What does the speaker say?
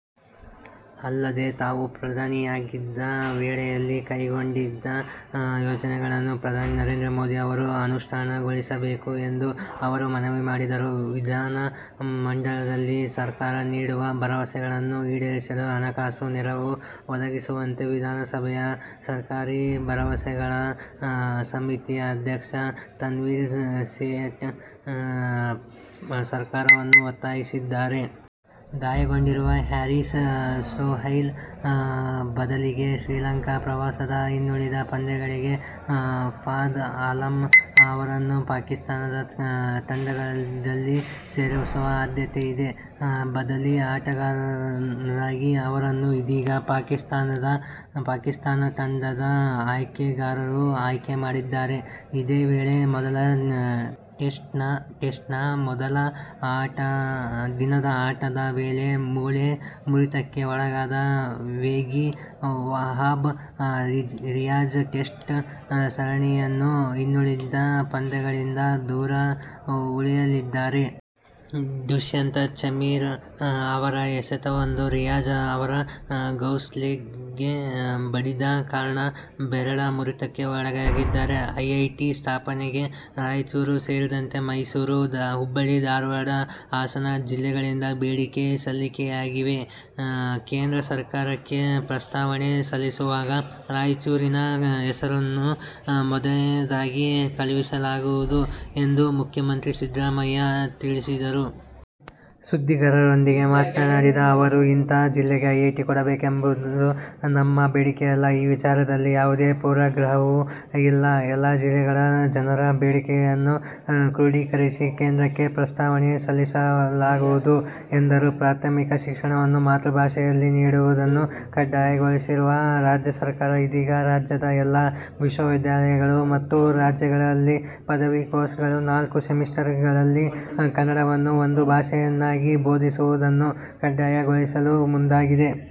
ಅಲ್ಲದೇ ತಾವು ಪ್ರಧಾನಿಯಾಗಿದ್ದ ವೇಳೆಯಲ್ಲಿ ಕೈಗೊಂಡಿದ್ದ ಯೋಜನೆಗಳನ್ನು ಪ್ರಧಾನಿ ನರೇಂದ್ರ ಮೋದಿ ಅವರು ಅನುಷ್ಠಾನಗೊಳಿಸಬೇಕು ಎಂದು ಅವರು ಮನವಿ ಮಾಡಿದರು. ವಿಧಾನ ಮಂಡಲದಲ್ಲಿ ಸರ್ಕಾರ ನೀಡುವ ಭರವಸೆಗಳನ್ನು ಈಡೇರಿಸಲು ಹಣಕಾಸು ನೆರವು ಒದಗಿಸುವಂತೆ ವಿಧಾನಸಭೆಯ ಸರ್ಕಾರಿ ಭರವಸೆಗಳ ಸಮಿತಿ ಅಧ್ಯಕ್ಷ ತನ್ವೀರ್ ಸೇಠ್ ಸರ್ಕಾರವನ್ನು ಒತ್ತಾಯಿಸಿದ್ದಾರೆ. ಗಾಯಗೊಂಡಿರುವ ಹ್ಯಾರಿಸ್ ಸೊಹೈಲ್ ಬದಲಿಗೆ ಶ್ರೀಲಂಕಾ ಪ್ರವಾಸದ ಇನ್ನುಳಿದ ಪಂದ್ಯಗಳಿಗೆ ಫಾದ್ ಆಲಂ ಅವರನ್ನು ಪಾಕಿಸ್ಥಾನ ತಂಡದಲ್ಲಿ ಸೇರಿಸುವ ಸಾಧ್ಯತೆಯಿದೆ. ಬದಲಿ ಆಟಗಾರರಾಗಿ ಅವರನ್ನು ಇದೀಗ ಪಾಕಿಸ್ಥಾನ ತಂಡದ ಆಯ್ಕೆಗಾರರು ಆಯ್ಕೆ ಮಾಡಿದ್ದಾರೆ. ಇದೇ ವೇಳೆ ಮೊದಲ ಟೆಸ್ಟ್ನ ಮೊದಲ ದಿನದ ಆಟದ ವೇಳೆ ಮೂಳೆ ಮುರಿತಕ್ಕೆ ಒಳಗಾದ ವೇಗಿ ವಹಾಬ್ ರಿಯಾಜ್ ಟೆಸ್ಟ್ ಸರಣಿಯ ಇನ್ನುಳಿದ ಪಂದ್ಯಗಳಿಂದ ದೂರ ಉಳಿಯಲಿದ್ದಾರೆ. ದುಷ್ಯಂತ ಚಮೀರ ಅವರ ಎಸೆತವೊಂದು ರಿಯಾಜ್ ಅವರ ಗ್ಲೌಸ್ಗೆ ಬಡಿದ ಕಾರಣ ಬೆರಳ ಮುರಿತಕ್ಕೆ ಒಳಗಾಗಿದ್ದಾರೆ. ಐಐಟಿ ಸ್ಥಾಪನೆಗೆ ರಾಯಚೂರು ಸೇರಿದಂತೆ ಮೈಸೂರು, ಹುಬ್ಬಳ್ಳಿ-ಧಾರವಾಡ ಹಾಸನ ಜಿಲ್ಲೆಗಳಿಂದ ಬೇಡಿಕೆ ಸಲ್ಲಿಕೆಯಾಗಿವೆ. ಕೇಂದ್ರ ಸರ್ಕಾರಕ್ಕೆ ಪ್ರಸ್ತಾವನೆ ಸಲ್ಲಿಸುವಾಗ ರಾಯಚೂರಿನ ಹೆಸರನ್ನು ಮೊದಲನೆಯದಾಗಿ ಕಳುಹಿಸಲಾಗುವುದು ಎಂದು ಮುಖ್ಯಮಂತ್ರಿ ಸಿದ್ದರಾಮಯ್ಯ ತಿಳಿಸಿದರು. ಸುದ್ದಿಗಾರರೊಂದಿಗೆ ಮಾತನಾಡಿದ ಅವರು, ಇಂಥ ಜಿಲ್ಲೆಗೆ ಐಐಟಿ ಕೊಡಬೇಕೆಂಬುದು ನಮ್ಮ ಬೇಡಿಕೆಯಲ್ಲ. ಈ ವಿಚಾರದಲ್ಲಿ ಯಾವುದೇ ಪೂರ್ವಾಗ್ರಹವೂ ಇಲ್ಲ. ಎಲ್ಲ ಜಿಲ್ಲೆಗಳ ಜನರ ಬೇಡಿಕೆಗಳನ್ನು ಕ್ರೋಡೀಕರಿಸಿ ಕೇಂದ್ರಕ್ಕೆ ಪ್ರಸ್ತಾವನೆ ಸಲ್ಲಿಸಲಾಗುವುದು ಎಂದರು. ಪ್ರಾಥಮಿಕ ಶಿಕ್ಷಣವನ್ನು ಮಾತೃಭಾಷೆಯಲ್ಲಿ ನೀಡುವುದನ್ನು ಕಡ್ಡಾಯಗೊಳಿಸಿರುವ ರಾಜ್ಯ ಸರ್ಕಾರ ಇದೀಗ ರಾಜ್ಯದ ಎಲ್ಲ ವಿಶ್ವವಿದ್ಯಾಲಯಗಳು ಮತ್ತು ಕಾಲೇಜುಗಳಲ್ಲಿ ಪದವಿ ಕೋರ್ಸ್ಗಳ ನಾಲ್ಕು ಸೆಮಿಸ್ಟರ್ಗಳಲ್ಲಿ ಕನ್ನಡವನ್ನು ಒಂದು ಭಾಷೆಯನ್ನಾಗಿ ಬೋಧಿಸುವುದನ್ನು ಕಡ್ಡಾಯಗೊಳಿಸಲು ಮುಂದಾಗಿದೆ.